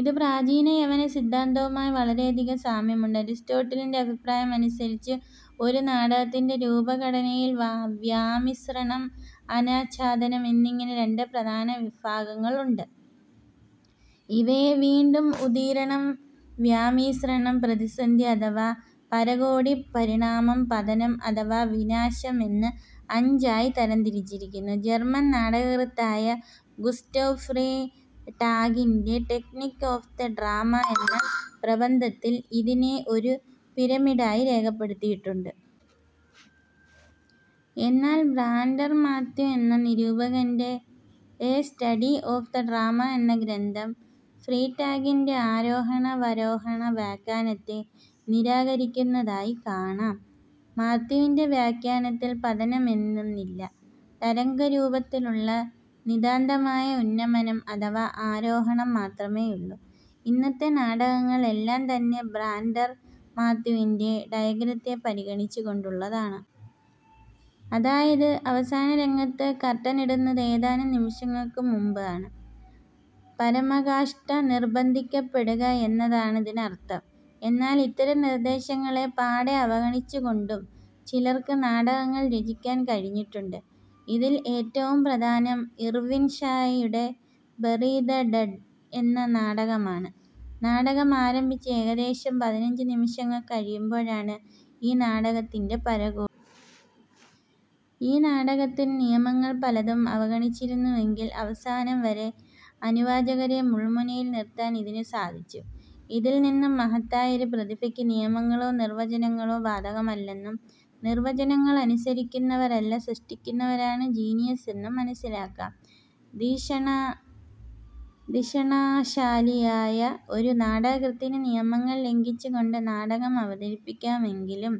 ഇതും പ്രാചീന യവന സിദ്ധാന്തവുമായി വളരെയധികം സാമ്യമുണ്ട്. അരിസ്റ്റോട്ടിലിന്റെ അഭിപ്രായമനുസരിച്ച് ഒരു നാടകത്തിന്റെ രൂപഘടനയിൽ വ്യാമിശ്രണം, അനാച്ഛാദനം എന്നിങ്ങനെ രണ്ട് പ്രധാന ഭാഗങ്ങളുണ്ട്. ഇവയെ വീണ്ടും ഉദീരണം, വ്യാമിശ്രണം, പ്രതിസന്ധി അഥവാ പരകോടി, പരിണാമം, പതനം അഥവാ വിനാശം എന്ന് അഞ്ചായി തരംതിരിച്ചിരിക്കുന്നു. ജെർമൻ നാടകകൃത്തായ ഗുസ്റ്റവ് ഫ്രീ ടാഗിന്റെ ടെക്നിക് ഒഫ് ദ് ഡ്രാമ എന്ന പ്രബന്ധത്തിൽ ഇതിനെ ഒരു പിരമിഡായി രേഖപ്പെടുത്തിയിട്ടുണ്ട്. എന്നാൽ ബവ്രൻഡർ മാത്യു എന്ന നിരൂപകന്റെ A Study of the Drama എന്ന ഗ്രന്ഥം ഫ്രീടാഗിന്റെ ആരോഹണാവരോഹണ വ്യാഖ്യാനത്തെ നിരാകരിക്കുന്നതായി കാണാം. മാത്യുവിന്റെ വ്യാഖ്യാനത്തിൽ പതനം എന്നൊന്നില്ല. തരംഗരൂപത്തിലുള്ള നിതാന്തമായ ഉന്നമനം അഥവാ ആരോഹണം മാത്രമേയുള്ളൂ. ഇന്നത്തെ നാടകങ്ങൾ എല്ലാം തന്നെ ബ്രാൻഡർ മാത്യുവിന്റെ ഡയഗ്രത്തെ പരിഗണിച്ചുകൊണ്ടുള്ളതാണ്. അതായത്, അവസാനരംഗത്ത് കർട്ടനിടുന്നതിന് ഏതാനും നിമിഷങ്ങൾക്കു മുമ്പായി പരമകാഷ്ഠ നിർബന്ധിക്കപ്പെടുക എന്നതാണിതിനർഥം. എന്നാൽ ഇത്തരം നിർദ്ദേശങ്ങളെ പാടെ അവഗണിച്ചുകൊണ്ടും ചിലർക്ക് നാടകങ്ങൾ രചിക്കാൻ കഴിഞ്ഞിട്ടുണ്ട്. ഇതിൽ ഏറ്റവും പ്രധാനം ഇർവിൻ ഷായുടെ ബറി ദ ഡഡ് എന്ന നാടകമാണ്. നാടകം ആരംഭിച്ച് ഏകദേശം പതിനഞ്ച് നിമിഷങ്ങൾ കഴിയുമ്പോഴാണ് ഈ നാടകത്തിന്റെ പരകോടി. ഈ നാടകത്തിൽ നിയമങ്ങൾ പലതും അവഗണിച്ചിരുന്നുവെങ്കിലും അവസാനം വരെ അനുവാചകരെ മുൾമുനയിൽ നിർത്താൻ ഇതിനു സാധിച്ചു. ഇതിൽനിന്നും മഹത്തായ ഒരു പ്രതിഭയ്ക്ക് നിയമങ്ങളോ നിർവചനങ്ങളോ ബാധകമല്ലെന്നും നിർവചനങ്ങൾ അനുസരിക്കുന്നവരല്ല, സൃഷ്ടിക്കുന്നവരാണ് ജീനിയസ്സ് എന്നും മനസ്സിലാക്കാം. ധിഷണാശാലിയായ ഒരു നാടകകൃത്തിന് നിയമങ്ങൾ ലംഘിച്ചുകൊണ്ട് നാടകമവതരിപ്പിക്കാമെങ്കിലും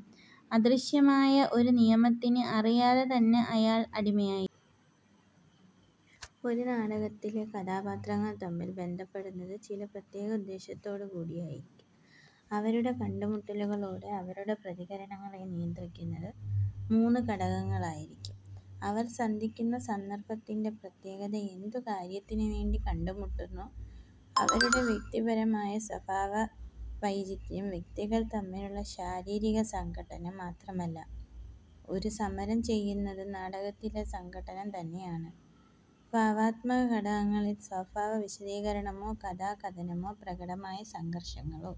അദൃശ്യമായ ഒരു നിയമത്തിന് അറിയാതെ തന്നെ അയാൾ അടിമയായി ഒരു നാടകത്തിലെ കഥാപാത്രങ്ങൾ തമ്മിൽ ബന്ധപ്പെടുന്നത് ചില പ്രത്യേക ഉദ്ദേശത്തോടുകൂടിയായിരിക്കും. അവരുടെ കണ്ടുമുട്ടലുകളോടെ അവരുടെ പ്രതികരണങ്ങളെ നിയന്ത്രിക്കുന്നത് മൂന്ന് ഘടകങ്ങളായിരിക്കും അവർ സന്ധിക്കുന്ന സന്ദർഭത്തിന്റെ പ്രത്യേകത; എന്തു കാര്യത്തിനുവേണ്ടി കണ്ടുമുട്ടുന്നു; അവരുടെ വ്യക്തിപരമായ സ്വഭാവ വൈചിത്ര്യം. വ്യക്തികൾ തമ്മിലുള്ള ശാരീരിക സംഘട്ടനം മാത്രമല്ല; ഒരു വ്യക്തി തന്നോടു തന്നെയോ ഒരാശയത്തോടോ സമരം ചെയ്യുന്നതും നാടകത്തിലെ സംഘട്ടനം തന്നെയാണ്. ഭാവാത്മക ഘടകങ്ങളിൽ സ്വഭാവ വിശദീകരണമോ, കഥാകഥനമോ, പ്രകടമായ സംഘർഷങ്ങളോ